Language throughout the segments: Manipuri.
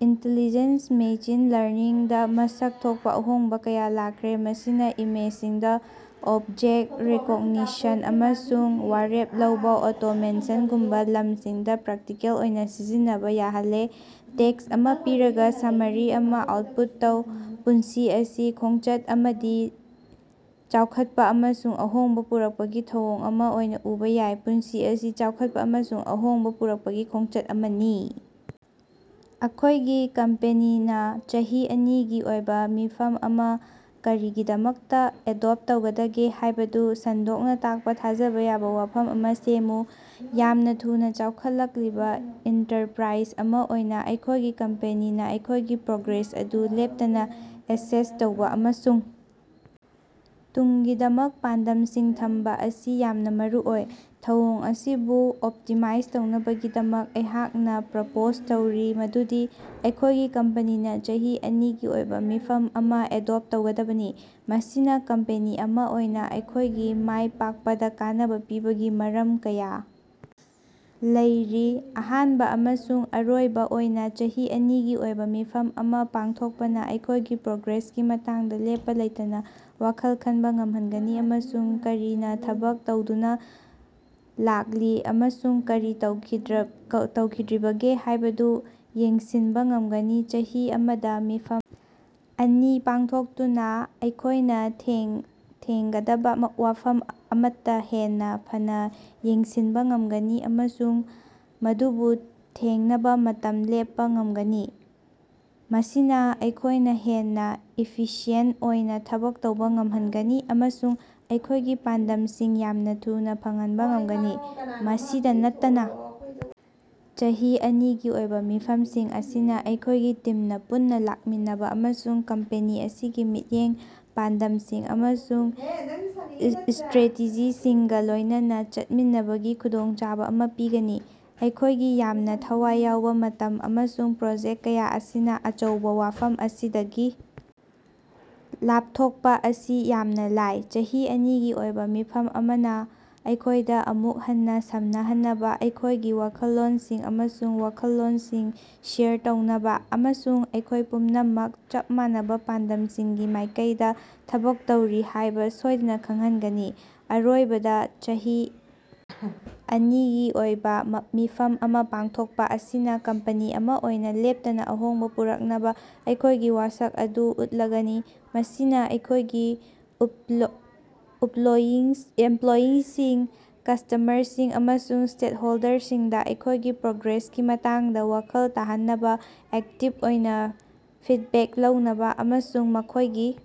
ꯏꯟꯇꯤꯂꯤꯖꯦꯟꯁ ꯃꯦꯁꯤꯟ ꯂꯔꯅꯤꯡꯗ ꯃꯁꯛ ꯊꯣꯛꯄ ꯑꯍꯣꯡꯕ ꯀꯌꯥ ꯂꯥꯛꯈ꯭ꯔꯦ, ꯃꯁꯤꯅ ꯏꯃꯦꯖꯁꯤꯡꯗ ꯑꯣꯕꯖꯦꯛꯇꯥ ꯔꯤꯀꯣꯛꯅꯤꯁꯟ ꯑꯃꯁꯨꯡ ꯋꯥꯔꯦꯞ ꯂꯧꯕ ꯑꯣꯇꯣꯃꯦꯁꯟꯒꯨꯝꯕ ꯂꯝꯁꯤꯡꯗꯥ ꯄ꯭ꯔꯥꯛꯇꯤꯀꯦꯜ ꯑꯣꯏꯅ ꯁꯤꯖꯤꯟꯅꯕ ꯌꯥꯍꯜꯂꯦ꯫ ꯇꯦꯛꯁ ꯑꯃ ꯄꯤꯔꯒ, ꯁꯣꯃꯥꯔꯤ ꯑꯃ ꯑꯥꯎꯠꯄꯨꯠ ꯇꯧ꯫ ꯄꯨꯟꯁꯤ ꯑꯁꯤ ꯈꯣꯡꯆꯠ ꯑꯃꯗꯤ ꯆꯥꯎꯈꯠꯄ ꯑꯃꯁꯨꯡ ꯑꯍꯣꯡꯕ ꯄꯨꯔꯛꯄꯒꯤ ꯊꯧꯑꯣꯡ ꯑꯃ ꯑꯣꯏꯅ ꯎꯕ ꯌꯥꯏ꯫ ꯄꯨꯟꯁꯤ ꯑꯁꯤ ꯆꯥꯎꯈꯠꯄ ꯑꯃꯁꯨꯡ ꯑꯍꯣꯡꯕ ꯄꯨꯔꯛꯄꯒꯤ ꯈꯣꯡꯆꯠ ꯑꯃꯅꯤ꯫। ꯑꯩꯈꯣꯏꯒꯤ ꯀꯝꯄꯦꯅꯤꯅ ꯆꯍꯤ ꯑꯅꯤꯒꯤ ꯑꯣꯏꯕ ꯃꯤꯐꯝ ꯑꯃ ꯀꯔꯤꯒꯤꯗꯃꯛꯇꯥ ꯑꯦꯗꯣꯞ ꯇꯧꯒꯗꯒꯦ ꯍꯥꯏꯕꯗꯨ ꯁꯟꯗꯣꯛꯅ ꯇꯥꯛꯄ ꯊꯥꯖꯕꯥꯥ ꯌꯥꯕ ꯋꯐꯝ ꯑꯃ ꯁꯦꯝꯃꯨ꯫ ꯌꯥꯝꯅ ꯊꯨꯅ ꯆꯥꯎꯈꯠꯂꯛꯂꯤꯕ ꯏꯟꯇꯔꯄ꯭ꯔꯥꯏꯖ ꯑꯃ ꯑꯣꯏꯅ ꯑꯩꯈꯣꯏꯒꯤ ꯀꯝꯄꯦꯅꯤꯅ ꯑꯩꯈꯣꯏꯒꯤ ꯄ꯭ꯔꯣꯒ꯭ꯔꯦꯁ ꯑꯗꯨ ꯂꯦꯞꯇꯥꯅ ꯑꯦꯁꯦꯁ ꯇꯧꯕ ꯑꯃꯁꯨꯡ ꯇꯨꯡꯒꯤꯗꯃꯛ ꯄꯥꯟꯗꯝꯁꯤꯡ ꯊꯝꯕ ꯑꯁꯤ ꯌꯥꯝꯅ ꯃꯔꯨꯑꯣꯏ꯫ ꯊꯧꯑꯣꯡ ꯑꯁꯤꯕꯨ ꯑꯣꯞꯇꯤꯃꯥꯏꯖ ꯇꯧꯅꯕꯒꯤꯗꯃꯛ ꯑꯩꯍꯥꯛꯅ ꯄ꯭ꯔꯄꯣꯖ ꯇꯧꯔꯤ ꯃꯗꯨꯗꯤ ꯑꯩꯈꯣꯏꯒꯤ ꯀꯝꯄꯦꯅꯤꯅ ꯆꯍꯤ ꯑꯅꯤꯒꯤ ꯑꯣꯏꯕ ꯃꯤꯐꯝ ꯑꯃ ꯑꯦꯗꯣꯞ ꯇꯧꯒꯗꯕꯅꯤ꯫ ꯃꯁꯤꯅ ꯀꯝꯄꯦꯅꯤ ꯑꯃ ꯑꯣꯏꯅ ꯑꯩꯈꯣꯏꯒꯤ ꯃꯥꯏꯄꯥꯛꯄꯗꯥ ꯀꯥꯟꯅꯕ ꯄꯤꯕꯒꯤ ꯃꯔꯝ ꯀꯌꯥ ꯂꯩꯔꯤ꯫ ꯑꯍꯥꯟꯕ ꯑꯃꯁꯨꯡ ꯑꯔꯣꯏꯕ ꯑꯣꯏꯅ, ꯆꯍꯤ ꯑꯅꯤꯒꯤ ꯑꯣꯏꯕ ꯃꯤꯐꯝ ꯑꯃ ꯄꯥꯡꯊꯣꯛꯄꯅꯥ ꯑꯩꯈꯣꯏꯒꯤ ꯄ꯭ꯔꯣꯒ꯭ꯔꯦꯁꯀꯤ ꯃꯇꯥꯡꯗ ꯂꯦꯞꯄ ꯂꯩꯇꯅ ꯋꯈꯜ ꯈꯟꯕ ꯉꯝꯍꯟꯒꯅꯤ ꯑꯃꯁꯨꯡ ꯀꯔꯤꯅꯥ ꯊꯕꯛ ꯇꯧꯗꯨꯅ ꯂꯥꯛꯂꯤ ꯑꯃꯁꯨꯡ ꯀꯔꯤ ꯇꯧꯈꯤꯗ꯭ꯔꯤꯕꯒꯦ ꯍꯥꯏꯕꯗꯨ ꯌꯦꯡꯁꯤꯟꯕ ꯉꯝꯒꯅꯤ꯫ ꯆꯍꯤ ꯑꯃꯗ ꯃꯤꯐꯝ ꯑꯅꯤ ꯄꯥꯡꯊꯣꯛꯇꯨꯅ ꯑꯩꯈꯣꯏꯅ ꯊꯦꯡꯉꯗꯕ ꯋꯐꯝ ꯑꯃꯠꯇꯥ ꯍꯦꯟꯅ ꯐꯅꯥ ꯌꯦꯡꯁꯤꯟꯕ ꯉꯝꯒꯅꯤ ꯑꯃꯁꯨꯡ ꯃꯗꯨꯕꯨ ꯊꯦꯡꯅꯕ ꯃꯇꯝ ꯂꯦꯞꯄꯥ ꯉꯝꯒꯅꯤ꯫ ꯃꯁꯤꯅ ꯑꯩꯈꯣꯏꯅ ꯍꯦꯟꯅ ꯏꯐꯤꯁꯤꯌꯦꯟꯇ ꯑꯣꯏꯅ ꯊꯕꯛ ꯇꯧꯕ ꯉꯝꯍꯟꯒꯅꯤ ꯑꯃꯁꯨꯡ ꯑꯩꯈꯣꯏꯒꯤ ꯄꯥꯟꯗꯝꯁꯤꯡ ꯌꯥꯝꯅ ꯊꯨꯅ ꯐꯪꯍꯟꯕ ꯉꯝꯒꯅꯤ꯫ ꯃꯁꯤꯗ ꯅꯠꯇꯅꯥ ꯆꯍꯤ ꯑꯅꯤꯒꯤ ꯑꯣꯏꯕ ꯃꯤꯐꯝꯁꯤꯡ ꯑꯁꯤꯅ ꯑꯩꯈꯣꯏꯒꯤ ꯇꯤꯝꯅ ꯄꯨꯟꯅ ꯂꯥꯛꯃꯤꯟꯅꯕ ꯑꯃꯁꯨꯡ ꯀꯝꯄꯦꯅꯤ ꯑꯁꯤꯒꯤ ꯃꯤꯠꯌꯦꯡ, ꯄꯥꯟꯗꯝꯁꯤꯡ ꯑꯃꯁꯨꯡ ꯏꯁꯇ꯭ꯔꯦꯇꯦꯖꯤꯁꯤꯡꯒꯥ ꯂꯣꯏꯅꯥꯅ ꯆꯠꯃꯤꯟꯅꯕꯒꯤ ꯈꯨꯗꯣꯡꯆꯥꯕ ꯑꯃ ꯄꯤꯒꯅꯤ꯫ ꯑꯩꯈꯣꯏꯒꯤ ꯌꯥꯝꯅ ꯊꯋꯥꯏ ꯌꯥꯎꯕ ꯃꯇꯝ ꯑꯃꯁꯨꯡ ꯄ꯭ꯔꯣꯖꯦꯛ ꯀꯌꯥ ꯑꯁꯤꯅ ꯑꯆꯧꯕ ꯋꯥꯐꯝ ꯑꯁꯤꯗꯒꯤ ꯂꯥꯞꯊꯣꯛꯄ ꯑꯁꯤ ꯌꯥꯝꯅ ꯂꯥꯏ꯫ ꯆꯍꯤ ꯑꯅꯤꯒꯤ ꯑꯣꯏꯕ ꯃꯤꯐꯝ ꯑꯃꯅ ꯑꯩꯈꯣꯏꯗ ꯑꯃꯨꯛ ꯍꯟꯅꯥ ꯁꯝꯅꯍꯟꯅꯕ, ꯑꯩꯈꯣꯏꯒꯤ ꯋꯥꯈꯜꯂꯣꯟꯁꯤꯡ ꯑꯃꯁꯨꯡ ꯋꯥꯈꯜꯂꯣꯟꯁꯤꯡ ꯁꯤꯌꯔ ꯇꯧꯅꯕ, ꯑꯃꯁꯨꯡ ꯑꯩꯈꯣꯏ ꯄꯨꯝꯅꯃꯛꯅ ꯆꯞ ꯃꯥꯟꯅꯕ ꯄꯥꯟꯗꯝꯁꯤꯡꯒꯤ ꯃꯥꯏꯀꯩꯗ ꯊꯕꯛ ꯇꯧꯔꯤ ꯍꯥꯏꯕ ꯁꯣꯏꯗꯅ ꯈꯪꯍꯟꯒꯅꯤ꯫ ꯑꯔꯣꯏꯕꯗ, ꯆꯍꯤ ꯑꯅꯤꯒꯤ ꯑꯣꯏꯕ ꯃꯤꯐꯝ ꯑꯃ ꯄꯥꯡꯊꯣꯛꯄꯥ ꯑꯁꯤꯅ ꯀꯝꯄꯦꯅꯤ ꯑꯃ ꯑꯣꯏꯅ ꯂꯦꯞꯇꯅꯥ ꯑꯍꯣꯡꯕ ꯄꯨꯔꯛꯅꯕ ꯑꯩꯈꯣꯏꯒꯤ ꯋꯥꯁꯛ ꯑꯗꯨ ꯎꯠꯂꯒꯅꯤ꯫ ꯃꯁꯤꯅ ꯑꯩꯈꯣꯏꯒꯤ ꯏꯃꯞꯂꯣꯌꯤꯁꯤꯡ, ꯀꯁꯇꯥꯃꯔꯁꯤꯡ, ꯑꯃꯁꯨꯡ ꯁ꯭ꯇꯦꯛꯍꯣꯜꯗꯔꯁꯤꯡꯗ ꯑꯩꯈꯣꯏꯒꯤ ꯄ꯭ꯔꯣꯒ꯭ꯔꯦꯁꯀꯤ ꯃꯇꯥꯡꯗ ꯋꯥꯈꯜ ꯇꯥꯍꯟꯅꯕ, ꯑꯦꯛꯇꯤꯚ ꯑꯣꯏꯅ ꯐꯤꯗꯕꯦꯛ ꯂꯧꯅꯕ, ꯑꯃꯁꯨꯡ ꯃꯈꯣꯏꯒꯤ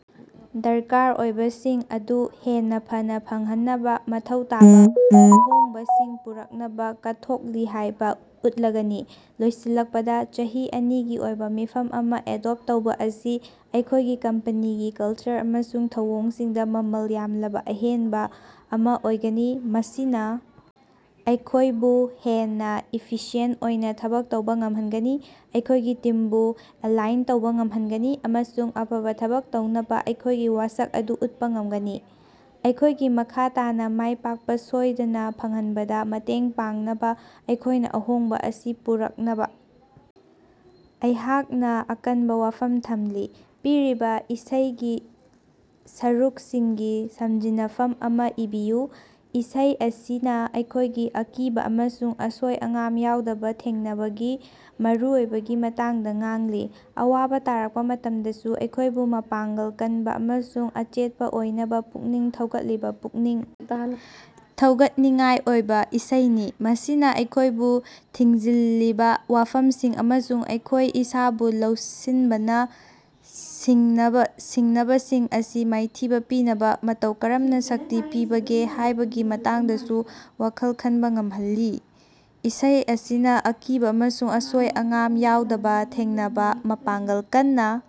ꯗꯔꯀꯥꯔ ꯑꯣꯏꯕꯁꯤꯡ ꯑꯗꯨ ꯍꯦꯟꯅ ꯐꯅꯥ ꯐꯪꯍꯟꯅꯕ ꯃꯊꯧ ꯇꯥꯕ ꯑꯍꯣꯡꯕꯁꯤꯡ ꯄꯨꯔꯛꯅꯕꯥ ꯀꯠꯊꯣꯛꯂꯤ ꯍꯥꯏꯕ ꯎꯠꯂꯒꯅꯤ꯫ ꯂꯣꯏꯁꯤꯜꯂꯛꯄꯗ, ꯆꯍꯤ ꯑꯅꯤꯒꯤ ꯑꯣꯏꯕ ꯃꯤꯐꯝ ꯑꯃ ꯑꯦꯗꯣꯞ ꯇꯧꯕ ꯑꯁꯤ ꯑꯩꯈꯣꯏꯒꯤ ꯀꯝꯄꯦꯅꯤꯒꯤ ꯀꯜꯆꯔ ꯑꯃꯁꯨꯡ ꯊꯧꯑꯣꯡꯁꯤꯡꯗ ꯃꯃꯜ ꯌꯥꯝꯂꯕ ꯑꯍꯦꯟꯕ ꯑꯃ ꯑꯣꯏꯒꯅꯤ꯫ ꯃꯁꯤꯅ ꯑꯩꯈꯣꯏꯕꯨ ꯍꯦꯟꯅ ꯏꯐꯤꯁꯤꯌꯦꯟꯇ ꯑꯣꯏꯅ ꯊꯕꯛ ꯇꯧꯕ ꯉꯝꯍꯟꯒꯅꯤ, ꯑꯩꯈꯣꯏꯒꯤ ꯇꯤꯝꯕꯨ ꯑꯦꯂꯥꯏꯟ ꯇꯧꯕ ꯉꯝꯍꯟꯒꯅꯤ ꯑꯃꯁꯨꯡ ꯑꯐꯕ ꯊꯕꯛ ꯇꯧꯅꯕ ꯑꯩꯈꯣꯏꯒꯤ ꯋꯥꯁꯛ ꯑꯗꯨ ꯎꯠꯄꯥ ꯉꯝꯒꯅꯤ꯫ ꯑꯩꯈꯣꯏꯒꯤ ꯃꯈꯥ ꯇꯥꯅ ꯃꯥꯏꯄꯥꯛꯄ ꯁꯣꯏꯗꯅ ꯐꯪꯍꯟꯕꯗ ꯃꯇꯦꯡ ꯄꯥꯡꯅꯕ ꯑꯩꯈꯣꯏꯅ ꯑꯍꯣꯡꯕ ꯑꯁꯤ ꯄꯨꯔꯛꯅꯕ ꯑꯩꯍꯥꯛꯅ ꯑꯀꯟꯕ ꯋꯥꯐꯝ ꯊꯝꯂꯤ꯫ ꯄꯤꯔꯤꯕ ꯏꯁꯩꯒꯤ ꯁꯔꯨꯛꯁꯤꯡꯒꯤ ꯁꯝꯖꯤꯟꯅꯐꯝ ꯑꯃ ꯏꯕꯤꯌꯨ꯫ ꯏꯁꯩ ꯑꯁꯤꯅ ꯑꯩꯈꯣꯏꯒꯤ ꯑꯀꯤꯕ ꯑꯃꯁꯨꯡ ꯑꯁꯣꯏ-ꯑꯉꯥꯝ ꯌꯥꯎꯗꯕꯥ ꯊꯦꯡꯅꯕꯒꯤ ꯃꯔꯨꯑꯣꯏꯕꯒꯤ ꯃꯇꯥꯡꯗ ꯉꯥꯡꯂꯤ꯫ ꯑꯋꯥꯕ ꯇꯥꯔꯛꯄ ꯃꯇꯝꯗꯁꯨ ꯑꯩꯈꯣꯏꯕꯨ ꯃꯄꯥꯡꯒꯜ ꯀꯟꯕ ꯑꯃꯁꯨꯡ ꯑꯆꯦꯠꯄꯥ ꯑꯣꯏꯅꯕ ꯄꯨꯛꯅꯤꯡ ꯊꯧꯒꯠꯂꯤꯕ ꯄꯨꯛꯅꯤꯡ ꯊꯧꯒꯠꯅꯤꯡꯉꯥꯏ ꯑꯣꯏꯕ ꯏꯁꯩꯅꯤ꯫ ꯃꯁꯤꯅꯥ ꯑꯩꯈꯣꯌꯕꯨ ꯊꯤꯡꯖꯤꯜꯂꯤꯕꯥ ꯋꯥꯐꯃꯁꯤꯡ ꯑꯃꯁꯨꯡ ꯑꯩꯈꯣꯏ ꯏꯁꯥꯕꯨ ꯂꯧꯁꯤꯟꯕꯅ ꯁꯤꯡꯅꯕꯁꯤꯡ ꯑꯁꯤ ꯃꯥꯏꯊꯤꯕ ꯄꯤꯅꯕ ꯃꯇꯧ ꯀꯔꯝꯅ ꯁꯛꯇꯤ ꯄꯤꯕꯒꯦ ꯍꯥꯏꯕꯒꯤ ꯃꯇꯥꯡꯗꯁꯨ ꯋꯥꯈꯜ ꯈꯟꯕ ꯉꯝꯍꯜꯂꯤ꯫ ꯏꯁꯩ ꯑꯁꯤꯅ ꯑꯀꯤꯕ ꯑꯃꯁꯨꯡ ꯑꯁꯣꯏ-ꯑꯉꯥꯝ ꯌꯥꯎꯗꯕ ꯊꯦꯡꯅꯕ, ꯃꯄꯥꯡꯒꯜ ꯀꯟꯅ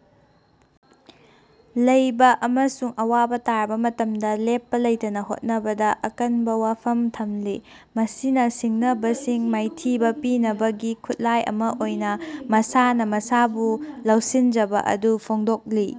ꯂꯩꯕ ꯑꯃꯁꯨꯡ ꯑꯋꯥꯕ ꯇꯥꯔꯕ ꯃꯇꯝꯗ ꯂꯦꯞꯄ ꯂꯩꯇꯅ ꯍꯣꯠꯅꯕꯗ ꯑꯀꯟꯕ ꯋꯥꯐꯝ ꯊꯝꯂꯤ꯫ ꯃꯁꯤꯅ ꯁꯤꯡꯅꯕꯁꯤꯡ ꯃꯥꯏꯊꯤꯕ ꯄꯤꯅꯕꯒꯤ ꯈꯨꯠꯂꯥꯏ ꯑꯃ ꯑꯣꯏꯅ ꯃꯁꯥꯅ ꯃꯁꯥꯕꯨ ꯂꯧꯁꯤꯟꯖꯕ ꯑꯗꯨ ꯐꯣꯡꯗꯣꯛꯂꯤ꯫